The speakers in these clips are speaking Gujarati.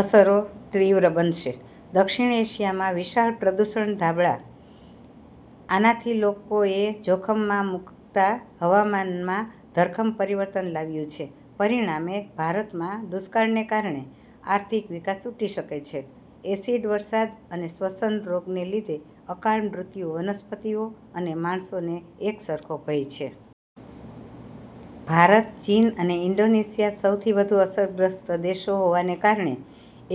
અસરો તીવ્ર બનશે. દક્ષિણ એશિયામાં વિશાળ પ્રદૂષણ ધાબળા. આનાથી લોકોએ જોખમમાં મુકતા હવામાનમાં ધરખમ પરિવર્તન લાવ્યું છે. પરિણામે, ભારતમાં દુષ્કાળને કારણે આર્થિક વિકાસ તૂટી શકે છે. એસિડ વરસાદ અને શ્વસન રોગને લીધે અકાળ મૃત્યુ વનસ્પતિઓ અને માણસોને એકસરખો ભય છે. ભારત, ચીન અને ઇન્ડોનેશિયા સૌથી વધુ અસરગ્રસ્ત દેશો હોવાને કારણે,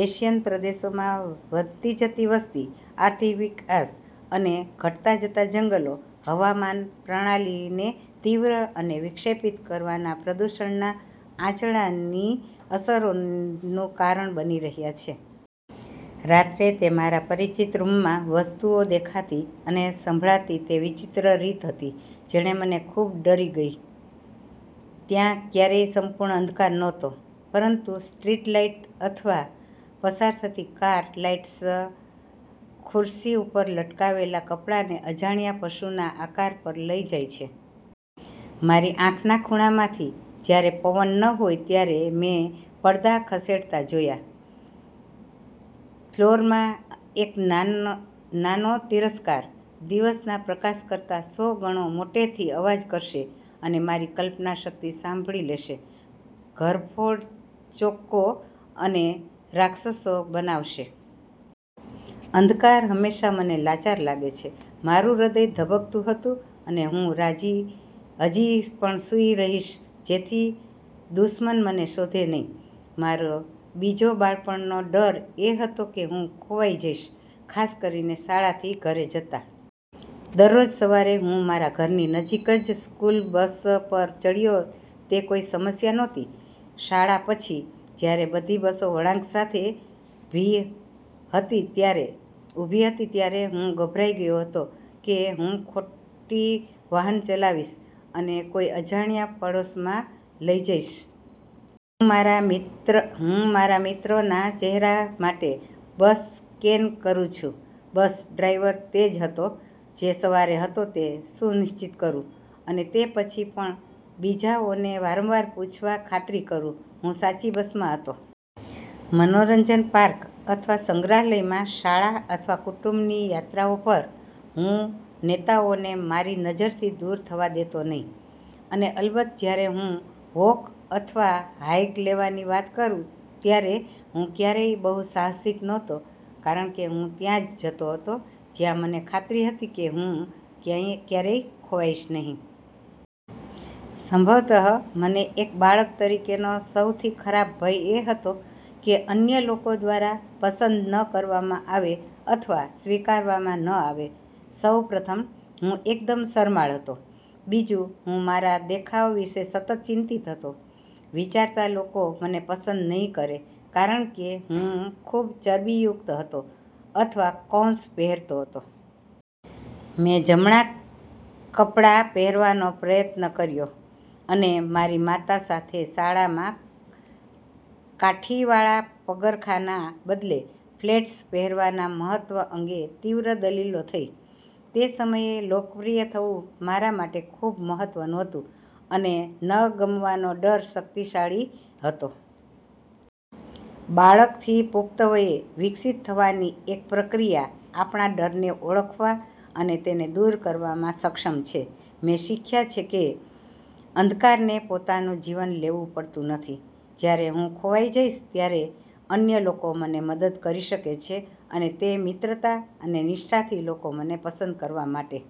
એશિયન પ્રદેશોમાં વધતી જતી વસ્તી, આર્થિક વિકાસ અને ઘટતા જતા જંગલો, હવામાન પ્રણાલીને તીવ્ર અને વિક્ષેપિત કરવાના પ્રદૂષણના આંચળાની અસરોનું કારણ બની રહ્યા છે. રાત્રે તે મારા પરિચિત રૂમમાં વસ્તુઓ દેખાતી અને સંભળાતી તે વિચિત્ર રીત હતી જેણે મને ખૂબ ડરી ગઈ. ત્યાં ક્યારેય સંપૂર્ણ અંધકાર નહોતો, પરંતુ સ્ટ્રીટ લાઇટ અથવા પસાર થતી કાર લાઇટ્સ ખુરશી ઉપર લટકાવેલા કપડાંને અજાણ્યા પશુના આકાર પર લઈ જાય છે. મારી આંખના ખૂણામાંથી, જ્યારે પવન ન હોય ત્યારે મેં પડદા ખસેડતા જોયા. ફ્લોરમાં એક નાનો તિરસ્કાર, દિવસના પ્રકાશ કરતાં સો ગણો મોટેથી અવાજ કરશે અને મારી કલ્પનાશક્તિ સંભાળી લેશે, ઘરફોડ ચોક્કો અને રાક્ષસો બનાવશે. અંધકાર હંમેશા મને લાચાર લાગે છે. મારું હૃદય ધબકતું હતું અને હું હજી પણ સૂઈ રહીશ જેથી 'દુશ્મન' મને શોધે નહીં. મારો બીજો બાળપણનો ડર એ હતો કે હું ખોવાઈ જઈશ, ખાસ કરીને શાળાથી ઘરે જતા. દરરોજ સવારે, હું મારા ઘરની નજીક જ સ્કૂલ બસ પર ચડ્યો તે કોઈ સમસ્યા નહોતી. શાળા પછી, જ્યારે, બધી બસો વળાંક સાથે. ભી હતી, ત્યારે હું ગભરાઈ ગયો હતો કે હું ખોટી વાહન ચલાવીશ અને કોઈ અજાણ્યા પાડોશમાં લઈ જઇશ. હું મારા મિત્રોના ચહેરા માટે બસ સ્કેન કરું છું, બસ ડ્રાઇવર તે જ હતો જે સવારે હતો તે સુનિશ્ચિત કરું, અને તે પછી પણ બીજાઓને વારંવાર પૂછવા ખાતરી કરું, હું સાચી બસમાં હતો. મનોરંજન પાર્ક અથવા સંગ્રહાલયમાં શાળા અથવા કુટુંબની યાત્રાઓ પર, હું નેતાઓને મારી નજરથી દૂર થવા દેતો નહીં. અને અલબત્ત, જ્યારે હું વોક અથવા હાઇક લેવાની વાત કરું ત્યારે હું ક્યારેય બહુ સાહસિક નહોતો કારણ કે હું ત્યાં જ જતો હતો જ્યાં મને ખાતરી હતી કે હું ક્યારેય ખોવાઈશ નહીં. સંભવત, મને એક બાળક તરીકેનો સૌથી ખરાબ ભય એ હતો કે અન્ય લોકો દ્વારા પસંદ ન કરવામાં આવે અથવા સ્વીકારવામાં ન આવે. સૌ પ્રથમ, હું એકદમ શરમાળ હતો. બીજું, હું મારા દેખાવ વિશે સતત ચિંતિત હતો, વિચારતા લોકો મને પસંદ નહીં કરે કારણ કે હું ખૂબ ચરબીયુક્ત હતો અથવા કૌંસ પહેરતો હતો. મેં 'જમણા કપડા' પહેરવાનો પ્રયત્ન કર્યો અને મારી માતા સાથે શાળામાં કાઠીવાળા પગરખાંના બદલે ફ્લેટ્સ પહેરવાના મહત્વ અંગે તીવ્ર દલીલો થઈ. તે સમયે લોકપ્રિય થવું મારા માટે ખૂબ મહત્વનું હતું અને ન ગમવાનો ડર શક્તિશાળી હતો. બાળકથી પુખ્ત વયે વિકસિત થવાની એક પ્રક્રિયા આપણા ડરને ઓળખવા અને તેને દૂર કરવામાં સક્ષમ છે. મેં શીખ્યા છે કે અંધકારને પોતાનું જીવન લેવું પડતું નથી, જ્યારે હું ખોવાઈ જઈશ ત્યારે અન્ય લોકો મને મદદ કરી શકે છે અને તે મિત્રતા અને નિષ્ઠાથી લોકો મને પસંદ કરવા માટે।